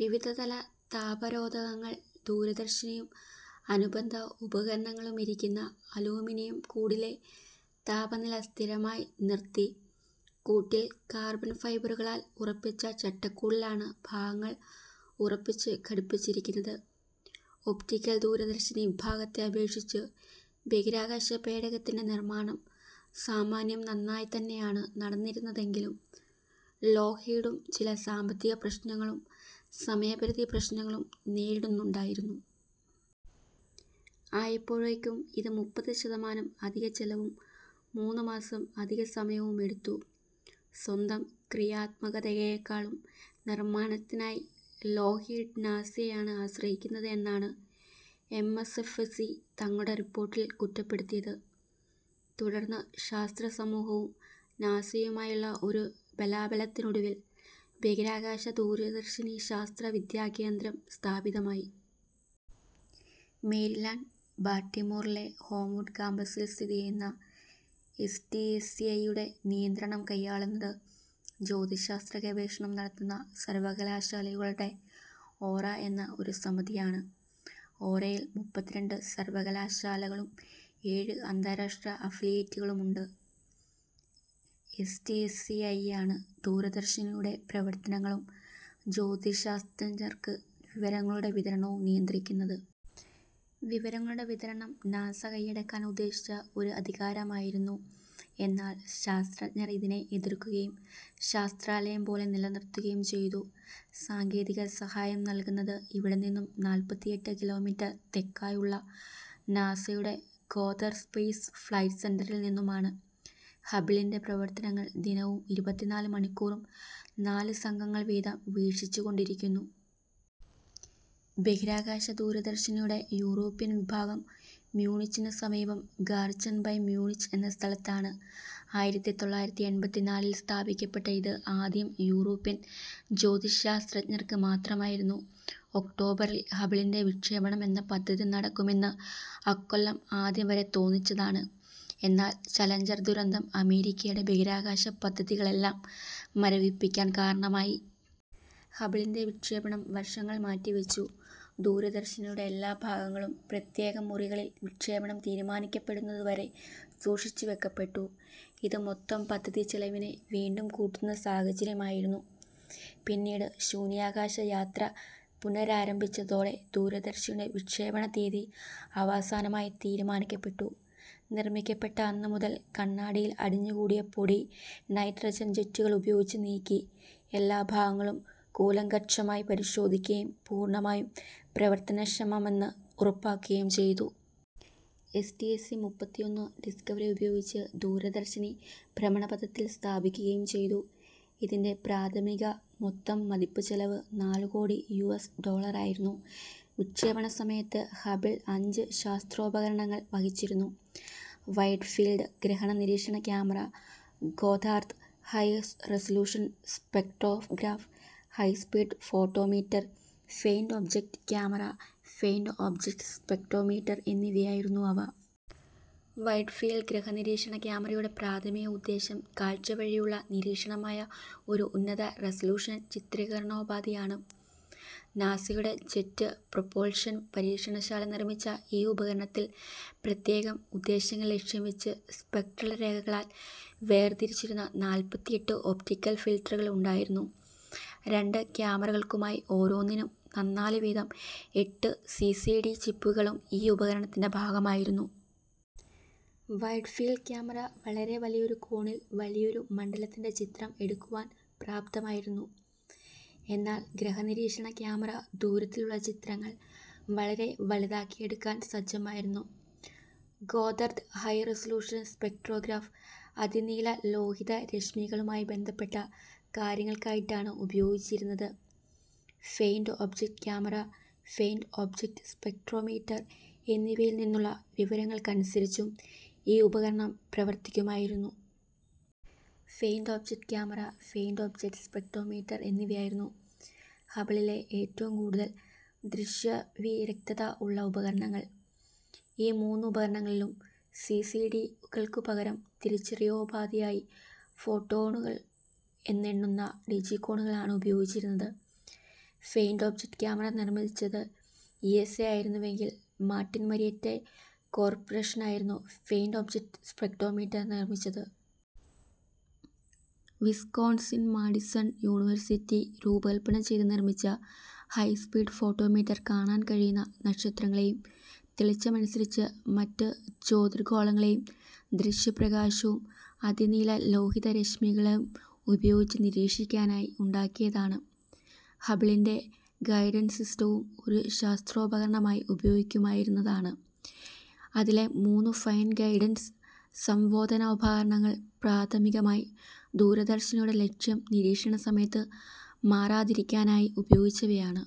വിവിധതല താപരോധകങ്ങൾ ദൂരദർശിനിയും അനുബന്ധ ഉപകരണങ്ങളുമിരിക്കുന്ന അലൂമിനിയം കൂടിലെ താപനില സ്ഥിരമായി നിർത്തി. കൂട്ടിൽ കാർബൺ ഫൈബറുകളാൽ ഉറപ്പിച്ച ചട്ടക്കൂടിലാണ് ഭാഗങ്ങൾ ഉറപ്പിച്ചു ഘടിപ്പിച്ചിരിക്കുന്നത്. ഒപ്റ്റിക്കൽ ദൂരദർശിനി വിഭാഗത്തെ അപേക്ഷിച്ച് ബഹിരാകാശ പേടകത്തിൻ്റെ നിർമ്മാണം സാമാന്യം നന്നായി തന്നെയാണ് നടന്നിരുന്നതെങ്കിലും ലോക്ഹീഡും ചില സാമ്പത്തിക പ്രശ്നങ്ങളും സമയപരിധി പ്രശ്നങ്ങളും നേരിടുന്നുണ്ടായിരുന്നു. ആയപ്പോഴേക്കും ഇത് മുപ്പത് ശതമാനം അധിക ചെലവും മൂന്നുമാസം അധികം സമയവും എടുത്തു. സ്വന്തം ക്രിയാത്മകതയേക്കാളും നിർമ്മാണത്തിനായി ലോക്ഹീഡ് നാസയെ ആണ് ആശ്രയിക്കുന്നത് എന്നാണ് എം എസ് എഫ് സി തങ്ങളുടെ റിപ്പോർട്ടിൽ കുറ്റപ്പെടുത്തിയത്. തുടർന്ന് ശാസ്ത്രസമൂഹവും നാസയുമായുള്ള ഒരു ബലാബലത്തിനൊടുവിൽ ബഹിരാകാശ ദൂരദർശിനി ശാസ്ത്ര വിദ്യാകേന്ദ്രം സ്ഥാപിതമായി. മേരിലാൻ്റ് ബാൽട്ടിമോറിലെ ഹോംവുഡ് കാമ്പസിൽ സ്ഥിതിചെയ്യുന്ന S T S C I യുടെ നിയന്ത്രണം കൈയാളുന്നത്, ജ്യോതിശാസ്ത്രഗവേഷണം നടത്തുന്ന സർവ്വകലാശാലകളുടെ ഓറ എന്ന ഒരു സമിതിയാണ്. ഓറയിൽ മുപ്പത്തിരണ്ട് സർവ്വകലാശാലകളും ഏഴ് അന്താരാഷ്ട്ര അഫിലിയേറ്റുകളുമുണ്ട്. S T S C I ആണ് ദൂരദർശിനിയുടെ പ്രവർത്തനങ്ങളും ജ്യോതിശാസ്ത്രജ്ഞർക്ക് വിവരങ്ങളുടെ വിതരണവും നിയന്ത്രിക്ക്ന്നത്. വിവരങ്ങളുടെ വിതരണം നാസ കൈയടക്കാൻ ഉദ്ദേശിച്ച ഒരു അധികാരമായിരുന്നു, എന്നാൽ ശാസ്ത്രജ്ഞർ ഇതിനെ എതിർക്കുകയും ശാസ്ത്രാലയം പോലെ നിലനിർത്തുകയും ചെയ്തു. സാങ്കേതിക സഹായം നൽകുന്നത് ഇവിടെ നിന്നും നാൽപ്പത്തിയെട്ട് കിലോമീറ്റർ തെക്കായുള്ള നാസയുടെ ഗോദ്ദാർദ് സ്പേസ് ഫ്ലൈറ്റ് സെൻ്ററിൽ നിന്നുമാണ്. ഹബിളിൻ്റെ പ്രവർത്തനങ്ങൾ ദിനവും ഇരുപത്തിനാല് മണിക്കൂറും നാലു സംഘങ്ങൾ വീതം വീക്ഷിച്ചുകൊണ്ടിരിക്കുന്നു. ബഹിരാകാശ ദൂരദർശിനിയുടെ യൂറോപ്യൻ വിഭാഗം മ്യൂണിച്ചിനു സമീപം ഗാർചെൻ ബെ മ്യൂണിച്ച് എന്ന സ്ഥലത്താണ്. ആയിരത്തി തൊള്ളായിരത്തി എൺപത്തിനാലിൽ സ്ഥാപിക്കപ്പെട്ട ഇത് ആദ്യം യൂറോപ്യൻ ജ്യോതിശാസ്ത്രജ്ഞർക്ക് മാത്രമായിരുന്നു. ഒക്ടോബറിൽ ഹബിളിൻ്റെ വിക്ഷേപണം എന്ന പദ്ധതി നടക്കും എന്ന് ആക്കൊല്ലം ആദ്യം വരെ തോന്നിച്ചതാണ്. എന്നാൽ ചലഞ്ചർ ദുരന്തം അമേരിക്കയുടെ ബഹിരാകാശ പദ്ധതികളെല്ലാം മരവിപ്പിക്കാൻ കാരണമായി. ഹബിളിൻ്റെ വിക്ഷേപണം വർഷങ്ങൾ മാറ്റിവച്ചു. ദൂരദർശിനിയുടെ എല്ലാഭാഗങ്ങളും പ്രത്യേകം മുറികളിൽ വിക്ഷേപണം തീരുമാനിക്കപ്പെടുന്നതുവരെ സൂക്ഷിച്ചുവെക്കപ്പെട്ടു. ഇത് മൊത്തം പദ്ധതിച്ചെലവിനെ വീണ്ടും കൂട്ടുന്ന സാഹചര്യം ആയിരുന്നു. പിന്നീട് ശൂന്യാകാശയാത്ര പുനരാരംഭിച്ചതോടെ ദൂരദർശിനി വിക്ഷേപണ തീയതി അവസാനമായി തീരുമാനിക്കപ്പെട്ടു. നിർമ്മിക്കപ്പെട്ട അന്നുമുതൽ കണ്ണാടിയിൽ അടിഞ്ഞുകൂടിയ പൊടി നൈട്രജൻ ജെറ്റുകൾ ഉപയോഗിച്ച് നീക്കി, എല്ലാ ഭാഗങ്ങളും കൂലങ്കഷമായി പരിശോധിക്കയും പൂർണ്ണമായും പ്രവർത്തനക്ഷമമെന്ന് ഉറപ്പാക്കുകയും ചെയ്തു. എസ് ടി എസ് മുപ്പത്തിയൊന്ന് ഡിസ്കവറി ഉപയോഗിച്ച് ദൂരദർശിനി ഭ്രമണപഥത്തിൽ സ്ഥാപിക്കുകയും ചെയ്തു. ഇതിൻ്റെ പ്രാഥമിക മൊത്തം മതിപ്പുചെലവ് നാലുകോടി യു എസ് ഡോളറായിരുന്നു. വിക്ഷേപണസമയത്ത് ഹബിൾ അഞ്ച് ശാസ്ത്രോപകരണങ്ങൾ വഹിച്ചിരുന്നു. വൈഡ് ഫീൽഡ് ഗ്രഹണനിരീക്ഷണ camera, Goddard high resolution spectrograph, high speed photometer, faint object camera, faint object spectrometer എന്നിവയായിരുന്നു അവ. വൈഡ് ഫീൽഡ് ഗ്രഹനിരീക്ഷണ ക്യാമറയുടെ പ്രാഥമിക ഉദ്ദേശം കാഴ്ചവഴിയുള്ള നിരീക്ഷണമായ ഒരു ഉന്നത റെസലൂഷൻ ചിത്രീകരണോപാധിയാണ്. നാസയുടെ ജെറ്റ് പ്രൊപൽഷൻ പരീക്ഷണശാല നിർമ്മിച്ച ഈ ഉപകരണത്തിൽ പ്രത്യേകം ഉദ്ദേശ്യങ്ങൾ ലക്ഷ്യം വെച്ച് സ്പെക്ട്രൽ രേഖകളാൽ വേർതിരിച്ചിരുന്ന നാൽപ്പത്തിയെട്ട് ഒപ്റ്റിക്കൽ ഫിൽറ്ററുകൾ ഉണ്ടായിരുന്നു. രണ്ട് ക്യാമറകൾക്കുമായി, ഓരോന്നിനും നന്നാലു വീതം എട്ട് സി സി ഡി ചിപ്പുകളും ഈ ഉപകരണത്തിൻ്റെ ഭാഗമായിരുന്നു. വൈഡ് ഫീൽഡ് ക്യാമറ വളരെ വലിയൊരു കോണിൽ വലിയൊരു മണ്ഡലത്തിൻ്റെ ചിത്രം എടുക്കുവാൻ പ്രാപ്തമായിരുന്നു. എന്നാൽ ഗ്രഹനിരീക്ഷണ ക്യാമറ ദൂരത്തിലുള്ള ചിത്രങ്ങൾ വളരെ വലുതാക്കി എടുക്കാൻ സജ്ജമായിരുന്നു. ഗോദ്ദാർദ് ഹൈ റെസലൂഷൻ സ്പെക്ട്രോഗ്രാഫ് അതിനീലലോഹിതരശ്മികളുമായി ബന്ധപ്പെട്ട കാര്യങ്ങൾക്കായിട്ടാണ് ഉപയോഗിച്ചിരുന്നത്. Faint object camera, faint object spectrometer എന്നിവയിൽ നിന്നുള്ള വിവരങ്ങൾക്കനുസരിച്ചും ഈ ഉപകരണം പ്രവർത്തിക്കുമായിരുന്നു. Faint object camera, faint object spectrometer എന്നിവയായിരുന്നു ഹബിളിലെ ഏറ്റവും കൂടുതൽ ദൃശ്യവ്യതിരിക്തത ഉള്ള ഉപകരണങ്ങൾ. ഈ മൂന്നുപകരണങ്ങളിലും സി സി ഡി കൾക്കു പകരം തിരിച്ചറിയലുപാധിയായി ഫോട്ടോണുകൾ എന്ന് എണ്ണുന്ന ഡിജികോണുകളാണ് ഉപയോഗിച്ചിരുന്നത്. ഫെയിൻ്റ് ഒബ്ജക്റ്റ് ക്യാമറ നിർമ്മിച്ചത് ഇ എസ് എ ആയിരുന്നുവെങ്കിൽ, മാർട്ടിൻ മരിയെറ്റ കോർപ്പറേഷനായിരുന്നു ഫെയിൻ്റ് ഒബ്ജക്റ്റ് സ്പെക്ട്രോമീറ്റർ നിർമ്മിച്ചത്. വിസ്കോൺസിൻ മാഡിസൺ യൂണിവേഴ്സിറ്റി രൂപകല്പന ചെയ്ത് നിർമ്മിച്ച ഹൈസ്പീഡ് ഫോട്ടോമീറ്റർ കാണാൻ കഴിയുന്ന നക്ഷത്രങ്ങളേയും തെളിച്ചം അനുസരിച്ച് മറ്റ് ജ്യോതിർഗോളങ്ങളേയും ദൃശ്യപ്രകാശവും അതിനീലലോഹിതരശ്മികളും ഉപയോഗിച്ച് നിരീക്ഷിക്കാനായി ഉണ്ടാക്കിയതാണ്. ഹബിളിൻ്റെ ഗൈഡൻസ് സിസ്റ്റവും ഒരു ശാസ്ത്രോപകരണമായി ഉപയോഗിക്കാമായിരുന്നതാണ്. അതിലെ മൂന്നു ഫൈൻ ഗൈഡൻസ് സംവേദനോപകരണങ്ങൾ പ്രാഥമികമായി ദൂരദർശിനിയുടെ ലക്ഷ്യം നിരീക്ഷണസമയത്ത് മാറാതിരിക്കാനായി ഉപയോഗിച്ചവയാണ്.